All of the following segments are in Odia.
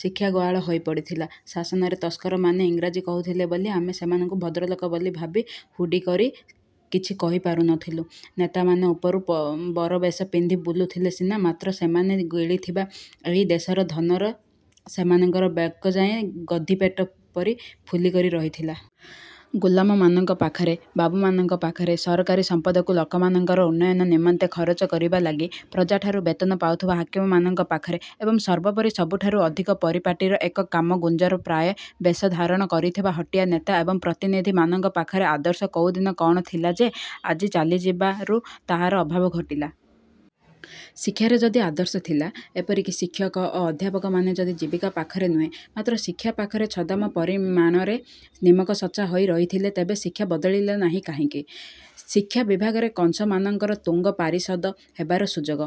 ଶିକ୍ଷା ଗୁହାଳ ହୋଇ ପଡ଼ିଥିଲା, ଶାସନରେ ତସ୍କରମାନେ ଇଂରାଜୀ କହୁଥିଲେ ବୋଲି ଆମେ ସେମାନଙ୍କୁ ଭଦ୍ରଲୋକ ବୋଲି ଭାବି ହୁଡ଼ିକରି କିଛି କହି ପାରୁ ନଥିଲୁ। ନେତାମାନେ ଉପରୁ ବରବେଶ ପିନ୍ଧି ବୁଲୁଥିଲେ ସିନା ମାତ୍ର ସେମାନେ ଗିଳିଥିବା ଏହି ଦେଶର ଧନରେ ସେମାନଙ୍କର ବେକଯାଏ ଗୋଧିପେଟ ପରି ଫୁଲିକରି ରହିଥିଲା। ଗୋଲାମମାନଙ୍କ ପାଖରେ, ବାବୁମାନଙ୍କ ପାଖରେ, ସରକାରୀ ସମ୍ପଦକୁ ଲୋକମାନଙ୍କର ଉନ୍ନୟନ ନିମନ୍ତେ ଖରଚ କରିବା ଲାଗି ପ୍ରଜାଠାରୁ ବେତନ ପାଉଥିବା ହାକିମମାନଙ୍କ ପାଖରେ ଏବଂ ସର୍ବୋପରି ସବୁଠାରୁ ଅଧିକ ପରିପାଟୀର ଏକ କାମଗୁଞ୍ଜର ପ୍ରାଏ ବେଶ ଧାରଣ କରିଥିବା ହଟିଆ ନେତା ଏବଂ ପ୍ରତିନିଧିମାନଙ୍କ ପାଖରେ ଆଦର୍ଶ କୋଉଦିନ କଣ ଥିଲା ଯେ ଆଜି ଚାଲିଯିବାରୁ ତାହାର ଅଭାବ ଘଟିଲା? ଶିକ୍ଷାରେ ଯଦି ଆଦର୍ଶ ଥିଲା, ଏପରିକି ଶିକ୍ଷକ ଓ ଅଧ୍ୟାପକମାନେ ଯଦି ଜୀବିକା ପାଖରେ ନୁହେଁ, ମାତ୍ର ଶିକ୍ଷା ପାଖରେ ଛଦାମ ପରିମାଣରେ ନିମକସଚ୍ଚା ହୋଇ ରହିଥିଲେ ତେବେ ଶିକ୍ଷା ବଦଳିଲା ନାହିଁ କାହିଁକି? ଶିକ୍ଷା ବିଭାଗରେ କଂସ ମାନଙ୍କର ତୁଙ୍ଗ ପାରିଷଦ ହେବାର ସୁଯୋଗ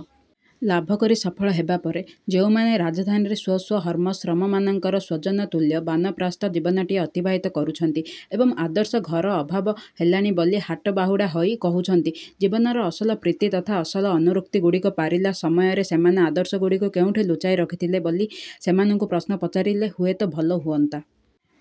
ଲାଭକରି ସଫଳ ହେବାପରେ ଯେଉଁମାନେ ରାଜଧାନୀରେ ସ୍ୱ ସ୍ୱ ହର୍ମ୍ୟାଶ୍ରମମାନଙ୍କରେ ସଜ୍ଜନତୁଲ୍ୟ ବାନପ୍ରସ୍ଥ ଜୀବନଟିଏ ଅତିବାହିତ କରୁଛନ୍ତି ଏବଂ ଆଦର୍ଶର ଘୋର ଅଭାବ ହେଲାଣି ବୋଲି ହାଟବାହୁଡ଼ା ହୋଇ କହୁଛନ୍ତି, ଜୀବନର ଅସଲ ପ୍ରୀତି ତଥା ଅସଲ ଅନୁରକ୍ତିଗୁଡ଼ିକର ପାରିଲା ସମୟରେ ସେମାନେ ଆଦର୍ଶଗୁଡ଼ିକୁ କେଉଁଠି ଲୁଚାଇ ରଖିଥଲେ ବୋଲି ସେମାନଙ୍କୁ ପଚାରିଲେ ହୁଏତ ଭଲ ହୁଅନ୍ତା।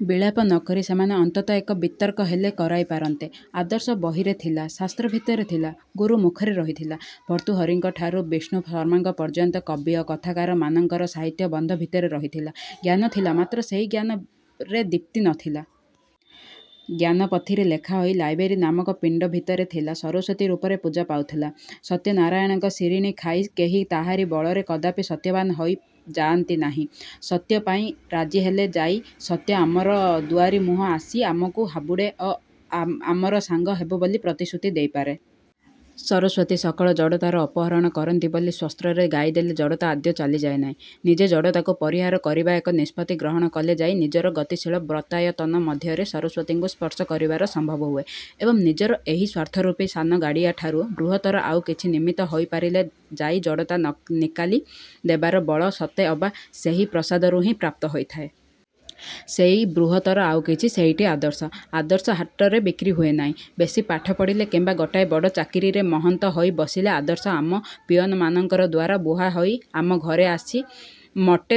ବିଳାପ ନକରି ସେମାନେ ଅନ୍ତତଃ ଏକ ବିତର୍କ ହେଲେ କରାଇ ପାରନ୍ତେ। ଆଦର୍ଶ ବହିରେ ଥିଲା, ଶାସ୍ତ୍ର ଭିତରେ ଥିଲା। ଗୁରୁ ମୁଖରେ ରହିଥିଲା। ଭର୍ତ୍ତୃହରିଙ୍କ ଠାରୁ ବିଷ୍ଣୁ ଶର୍ମାଙ୍କ ପର୍ଯ୍ୟନ୍ତ କବି ଓ କଥାକାରମାନଙ୍କର ସାହିତ୍ୟବନ୍ଧ ଭିତରେ ରହିଥିଲା। ଜ୍ଞାନ ଥିଲା ମାତ୍ର ସେହି ଜ୍ଞାନରେ ଦୀପ୍ତି ନଥିଲା। ଜ୍ଞାନ ପୋଥିରେ ଲେଖା ହୋଇ ଲାଇବ୍ରେରୀ ନାମକ ପିଣ୍ଡ ଭିତରେ ଥିଲା ସରସ୍ୱତୀ ରୂପରେ ପୂଜା ପାଉଥିଲା। ସତ୍ୟନାରାୟଣଙ୍କ ସିରିଣି ଖାଇ କେହି ତାହାରି ବଳରେ କଦାପି ସତ୍ୟବାନ ହୋଇ ଯାଆନ୍ତି ନାହିଁ। ସତ୍ୟ ପାଇଁ ରାଜି ହେଲେ ଯାଇ ସତ୍ୟ ଆମର ଦୁଆରିମୁହଁ ଆସି ଆମକୁ ହାବୁଡ଼େ ଓଆ ଆମର ସାଙ୍ଗ ହେବ ବୋଲି ପ୍ରତିଶ୍ରୁତି ଦେଇପାରେ। ସରସ୍ୱତୀ ସକଳ ଜଡ଼ତାର ଅପହରଣ କରନ୍ତି ବୋଲି ସ୍ୱସ୍ତ୍ରରେ ରେ ଗାଇଦେଲେ ଜଡ଼ତା ଆଦୌ ଚାଲିଯାଏ ନାହିଁ। ନିଜେ ଜଡ଼ତାକୁ ପରିହାର କରିବା ଏକ ନିଷ୍ପତ୍ତି ଗ୍ରହଣ କଲେ ଯାଇ ନିଜର ଗତିଶୀଳ ବ୍ରତାୟତନ ମଧ୍ୟରେ ସରସ୍ୱତୀଙ୍କୁ ସ୍ପର୍ଶ କରିବାର ସମ୍ଭବ ହୁଏ ଏବଂ ନିଜର ଏହି ସ୍ଵାର୍ଥରୂପୀ ସାନଗାଡ଼ିଆଠାରୁ ବୃହତ୍ତର ଆଉ କିଛି ନିମିତ୍ତ ହୋଇପାରିଲେ ଯାଇ ଜଡ଼ତା ନିକାଲି ଦେବାର ବଳ ସତେ ଅବା ସେହି ପ୍ରସାଦରୁ ହିଁ ପ୍ରାପ୍ତ ହୋଇଥାଏ। ସେହି ବୃହତ୍ତର ଆଉ କିଛି, ସେଇଟି ଆଦର୍ଶ। ଆଦର୍ଶ ହାଟରେ ବିକ୍ରି ହୁଏନାହିଁ। ବେଶୀ ପାଠ ପଢ଼ିଲେ କିମ୍ବା ଗୋଟାଏ ବଡ଼ ଚାକିରିରେ ମହନ୍ତ ହୋଇ ବସିଲେ ଆଦର୍ଶ ଆମ ପିଅନମାନଙ୍କର ଦ୍ଵାରା ବୁହାହୋଇ ଆମ ଘରେ ଆସି ମୋଟେ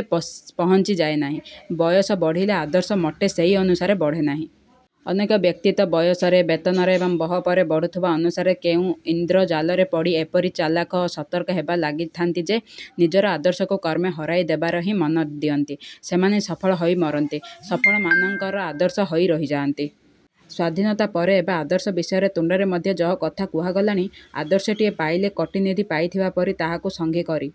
ପହଞ୍ଚି ଯାଏ ନାହିଁ। ବୟସ ବଢ଼ିଲେ ଆଦର୍ଶ ମୋଟେ ସେହି ଅନୁସାରେ ବଢ଼େନାହିଁ । ଅନେକ ବ୍ୟକ୍ତି ତ ବୟସରେ, ବେତନରେ ଏବଂ ବହପରେ ବଢୁଥିବା ଅନୁସାରେ କେଉଁ ଇନ୍ଦ୍ରଜାଲରେ ପଡ଼ି ଏପରି ଚାଲାଖ ଓ ସତର୍କ ହେବାରେ ଲାଗିଥାନ୍ତି ଯେ, ନିଜର ଆଦର୍ଶକୁ କ୍ରମେ ହରାଇ ଦେବାରେ ହିଁ ମନ ଦିଅନ୍ତି। ସେମାନେ ସଫଳ ହୋଇ ମରନ୍ତି। ସଫଳମାନଙ୍କର ଆଦର୍ଶ ହୋଇ ରହିଯାଆନ୍ତି। ସ୍ୱାଧୀନତା ପରେ ଏବେ ଆଦର୍ଶ ବିଷୟରେ ତୁଣ୍ଡରେ ମଧ୍ୟ ଯହ କଥା କୁହାଗଲାଣି। ଆଦର୍ଶଟିଏ ପାଇଲେ କୋଟିନିଧି ପାଇଥିବା ପରି ତାହାକୁ ସଙ୍ଗୀ କରି